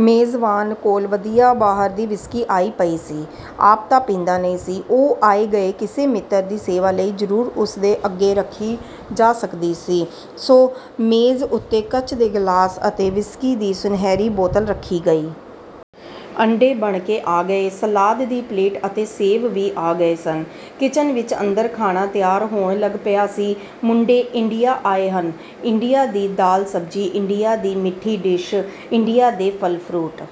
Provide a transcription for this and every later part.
ਮੇਜ਼ਬਾਨ ਕੋਲ ਵਧੀਆ ਬਾਹਰ ਦੀ ਵਿਸਕੀ ਆਈ ਪਈ ਸੀ। ਆਪ ਤਾਂ ਪੀਂਦਾ ਨਹੀਂ ਸੀ ਉਹ ਆਏ ਗਏ ਕਿਸੇ ਮਿੱਤਰ ਦੀ ਸੇਵਾ ਲਈ ਜ਼ਰੂਰ ਉਸ ਦੇ ਅੱਗੇ ਰੱਖੀ ਜਾ ਸਕਦੀ ਸੀ। ਸੋ ਮੇਜ਼ ਉਤੇ ਕੱਚ ਦੇ ਗਲਾਸ ਅਤੇ ਵਿਸਕੀ ਦੀ ਸੁਨਹਿਰੀ ਬੋਤਲ ਰੱਖੀ ਗਈ। ਅੰਡੇ ਬਣ ਕੇ ਆ ਗਏ। ਸਲਾਦ ਦੀ ਪਲੇਟ ਅਤੇ ਸੇਬ ਵੀ ਆ ਗਏ ਸਨ। ਕਿਚਨ ਵਿਚ ਅੰਦਰ ਖਾਣਾ ਤਿਆਰ ਹੋਣ ਲੱਗ ਪਿਆ ਸੀ। ਮੁੰਡੇ ਇੰਡੀਆ ਆਏ ਹਨ। ਇੰਡੀਆ ਦੀ ਦਾਲ-ਸਬਜ਼ੀ ਇੰਡੀਆ ਦੀ ਮਿੱਠੀ ਡਿਸ਼, ਇੰਡੀਆ ਦੇ ਫਲ-ਫਰੂਟ।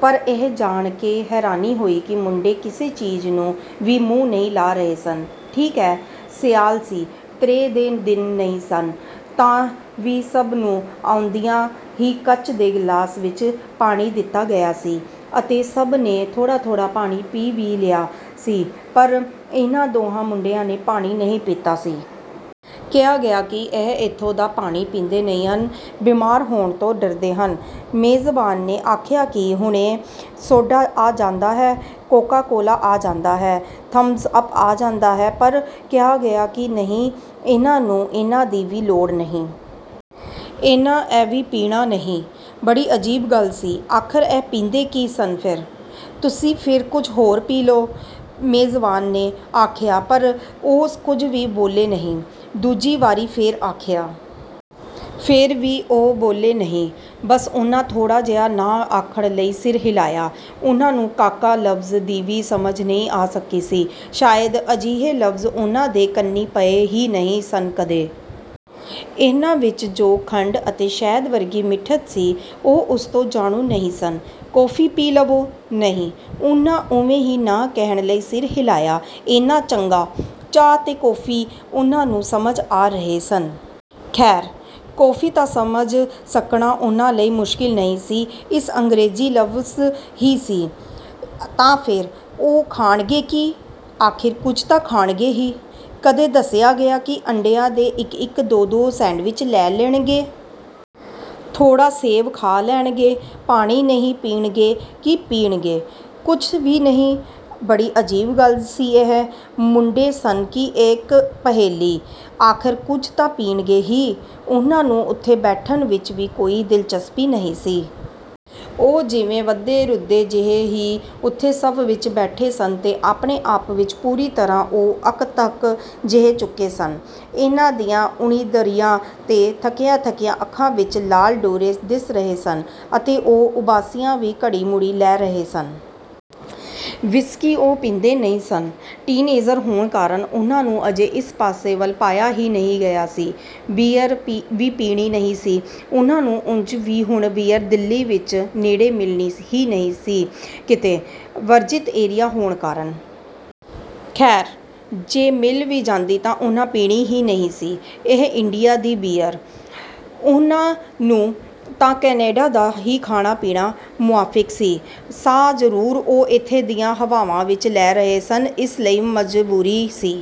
ਪਰ ਇਹ ਜਾਣ ਕੇ ਹੈਰਾਨੀ ਹੋਈ ਕਿ ਮੁੰਡੇ ਕਿਸੇ ਚੀਜ਼ ਨੂੰ ਵੀ ਮੂੰਹ ਨਹੀਂ ਲਾ ਰਹੇ ਸਨ। ਠੀਕ ਹੈ, ਸਿਆਲ ਸੀ, ਤ੍ਰੇਹ ਦੇ ਦਿਨ ਨਹੀਂ ਸਨ, ਤਾਂ ਵੀ ਸਭ ਨੂੰ ਆਉਂਦਿਆਂ ਹੀ ਕੱਚ ਦੇ ਗਲਾਸਾਂ ਵਿਚ ਪਾਣੀ ਦਿੱਤਾ ਗਿਆ ਸੀ ਅਤੇ ਸਭ ਨੇ ਥੋੜ੍ਹਾ-ਥੋੜ੍ਹਾ ਪਾਣੀ ਪੀ ਵੀ ਲਿਆ ਸੀ ਪਰ ਇਹਨਾਂ ਦੋਹਾਂ ਮੁੰਡਿਆਂ ਨੇ ਪਾਣੀ ਨਹੀਂ ਪੀਤਾ ਸੀ। ਕਿਹਾ ਗਿਆ ਕਿ ਇਹ ਏਥੋਂ ਦਾ ਪਾਣੀ ਪੀਂਦੇ ਨਹੀਂ ਹਨ। ਬੀਮਾਰ ਹੋਣ ਤੋਂ ਡਰਦੇ ਹਨ। ਮੇਜ਼ਬਾਨ ਨੇ ਆਖਿਆ ਕਿ ਹੁਣੇ ਸੋਡਾ ਆ ਜਾਂਦਾ ਹੈ, ਕੋਕਾ ਕੋਲਾ ਆ ਜਾਂਦਾ ਹੈ, ਥਮਜ਼ ਅੱਪ ਆ ਜਾਂਦਾ ਹੈ ਪਰ ਕਿਹਾ ਗਿਆ ਕਿ ਨਹੀਂ, ਇਹਨਾਂ ਨੂੰ ਇਹਨਾਂ ਦੀ ਵੀ ਲੋੜ ਨਹੀਂ। ਇਹਨਾਂ ਇਹ ਵੀ ਪੀਣਾ ਨਹੀਂ। ਬੜੀ ਅਜੀਬ ਗੱਲ ਸੀ। ਆਖ਼ਰ ਇਹ ਪੀਂਦੇ ਕੀ ਸਨ ਫੇਰ? ਤੁਸੀਂ ਫੇਰ ਕੁੱਝ ਹੋਰ ਪੀ ਲਓ। " ਮੇਜ਼ਬਾਨ ਨੇ ਆਖਿਆ ਪਰ ਉਹ ਕੁਝ ਵੀ ਬੋਲੇ ਨਹੀਂ। ਦੂਜੀ ਵਾਰੀ ਫੇਰ ਆਖਿਆ। ਫੇਰ ਵੀ ਉਹ ਬੋਲੇ ਨਹੀਂ। ਬੱਸ ਉਹਨਾਂ ਥੋੜ੍ਹਾ ਜਿਹਾ ਨਾਂਹ ਆਖਣ ਲਈ ਸਿਰ ਹਿਲਾਇਆ। ਉਹਨਾਂ ਨੂੰ "ਕਾਕਾ" ਲਫ਼ਜ਼ ਦੀ ਵੀ ਸਮਝ ਨਹੀਂ ਆ ਸਕੀ ਸੀ। ਸ਼ਾਇਦ ਅਜਿਹੇ ਲਫ਼ਜ਼ ਉਹਨਾਂ ਦੇ ਕੰਨੀ ਪਏ ਹੀ ਨਹੀਂ ਸਨ ਕਦੇ। ਇਹਨਾਂ ਵਿਚ ਜੋ ਖੰਡ ਅਤੇ ਸ਼ਹਿਦ ਵਰਗੀ ਮਿੱਠਤ ਸੀ, ਉਹ ਉਸ ਤੋਂ ਜਾਣੂ ਨਹੀਂ ਸਨ। "ਕੌਫੀ ਪੀ ਲਵੋ? " "ਨਹੀਂ" ਉਹਨਾਂ ਉਵੇਂ ਹੀ ਨਾਂਹ ਕਹਿਣ ਲਈ ਸਿਰ ਹਿਲਾਇਆ। ਏਨਾ ਚੰਗਾ, ਚਾਹ ਤੇ ਕੌਫ਼ੀ ਉਹਨਾਂ ਨੂੰ ਸਮਝ ਆ ਰਹੇ ਸਨ। ਖ਼ੈਰ, ਕੌਫ਼ੀ ਤਾਂ ਸਮਝ ਸਕਣਾ ਉਹਨਾਂ ਲਈ ਮੁਸ਼ਕਿਲ ਨਹੀਂ ਸੀ। ਇਸ ਅੰਗਰੇਜ਼ੀ ਲਫ਼ਜ਼ ਹੀ ਸੀ। ਤਾਂ ਫੇਰ, ਉਹ ਖਾਣਗੇ ਕੀ? ਆਖ਼ਿਰ ਕੁੱਝ ਤਾਂ ਖਾਣਗੇ ਹੀ? ਕਦੇ ਦੱਸਿਆ ਗਿਆ ਕਿ ਅੰਡਿਆਂ ਦੇ ਇਕ-ਇਕ ਦੋ-ਦੋ ਸੈਂਡਵਿਚ ਲੈ ਲੈਣਗੇ। ਥੋੜ੍ਹਾ ਸੇਬ ਖਾ ਲੈਣਗੇ। ਪਾਣੀ ਨਹੀਂ ਪੀਣਗੇ। ਕੀ ਪੀਣਗੇ? ਕੁਝ ਵੀ ਨਹੀਂ। ਬੜੀ ਅਜੀਬ ਗੱਲ ਸੀ ਇਹ। ਮੁੰਡੇ ਸਨ ਕਿ ਇਕ ਪਹੇਲੀ। ਆਖ਼ਰ ਕੁਝ ਤਾਂ ਪੀਣਗੇ ਹੀ? ਉਹਨਾਂ ਨੂੰ ਉਥੇ ਬੈਠਣ ਵਿਚ ਵੀ ਕੋਈ ਦਿਲਚਸਪੀ ਨਹੀਂ ਸੀ। ਉਹ ਜਿਵੇਂ ਬੱਧੇ ਰੁੱਧੇ ਜਿਹੇ ਹੀ ਉਥੇ ਸਭ ਵਿਚ ਬੈਠੇ ਸਨ ਤੇ ਆਪਣੇ ਆਪ ਵਿਚ ਪੂਰੀ ਤਰ੍ਹਾਂ ਉਹ ਅੱਕ-ਥੱਕ ਜਿਹੇ ਚੁੱਕੇ ਸਨ। ਇਹਨਾਂ ਦੀਆਂ ਉਣੀਂਦਰੀਆਂ ਤੇ ਥੱਕੀਆਂ-ਥੱਕੀਆਂ ਅੱਖਾਂ ਵਿਚ ਲਾਲ ਡੋਰੇ ਦਿਸ ਰਹੇ ਸਨ ਅਤੇ ਉਹ ਉਬਾਸੀਆਂ ਵੀ ਘੜੀ ਮੁੜੀ ਲੈ ਰਹੇ ਸਨ। ਵਿਸਕੀ ਉਹ ਪੀਂਦੇ ਨਹੀਂ ਸਨ। ਟੀਨ ਏਜ਼ਰ ਹੋਣ ਕਾਰਨ ਉਹਨਾਂ ਨੂੰ ਅਜੇ ਇਸ ਪਾਸੇ ਵੱਲ ਪਾਇਆ ਹੀ ਨਹੀਂ ਗਿਆ ਸੀ। ਬੀਅਰ ਵੀ ਪੀਣੀ ਨਹੀਂ ਸੀ। ਉਹਨਾਂ ਨੂੰ ਉਂਝ ਵੀ ਹੁਣ ਬੀਅਰ ਦਿੱਲੀ ਵਿਚ ਨੇੜੇ ਮਿਲਣੀ ਹੀ ਨਹੀਂ ਸੀ ਕਿਤੇ, ਵਰਜਿਤ ਏਰੀਆ ਹੋਣ ਕਾਰਨ। ਖ਼ੈਰ, ਜੇ ਮਿਲ ਵੀ ਜਾਂਦੀ ਤਾਂ ਉਹਨਾਂ ਪੀਣੀ ਹੀ ਨਹੀਂ ਸੀ ਇਹ ਇੰਡੀਆ ਦੀ ਬੀਅਰ। ਉਹਨਾਂ ਨੂੰ ਤਾਂ ਕੈਨੇਡਾ ਦਾ ਹੀ ਖਾਣਾ-ਪੀਣਾ ਮੁਆਫ਼ਿਕ ਸੀ। ਸਾਹ ਜ਼ਰੂਰ ਉਹ ਏਥੇ ਦੀਆਂ ਹਵਾਵਾਂ ਵਿਚ ਲੈ ਰਹੇ ਸਨ। ਇਸ ਲਈ ਮਜ਼ਬੂਰੀ ਸੀ।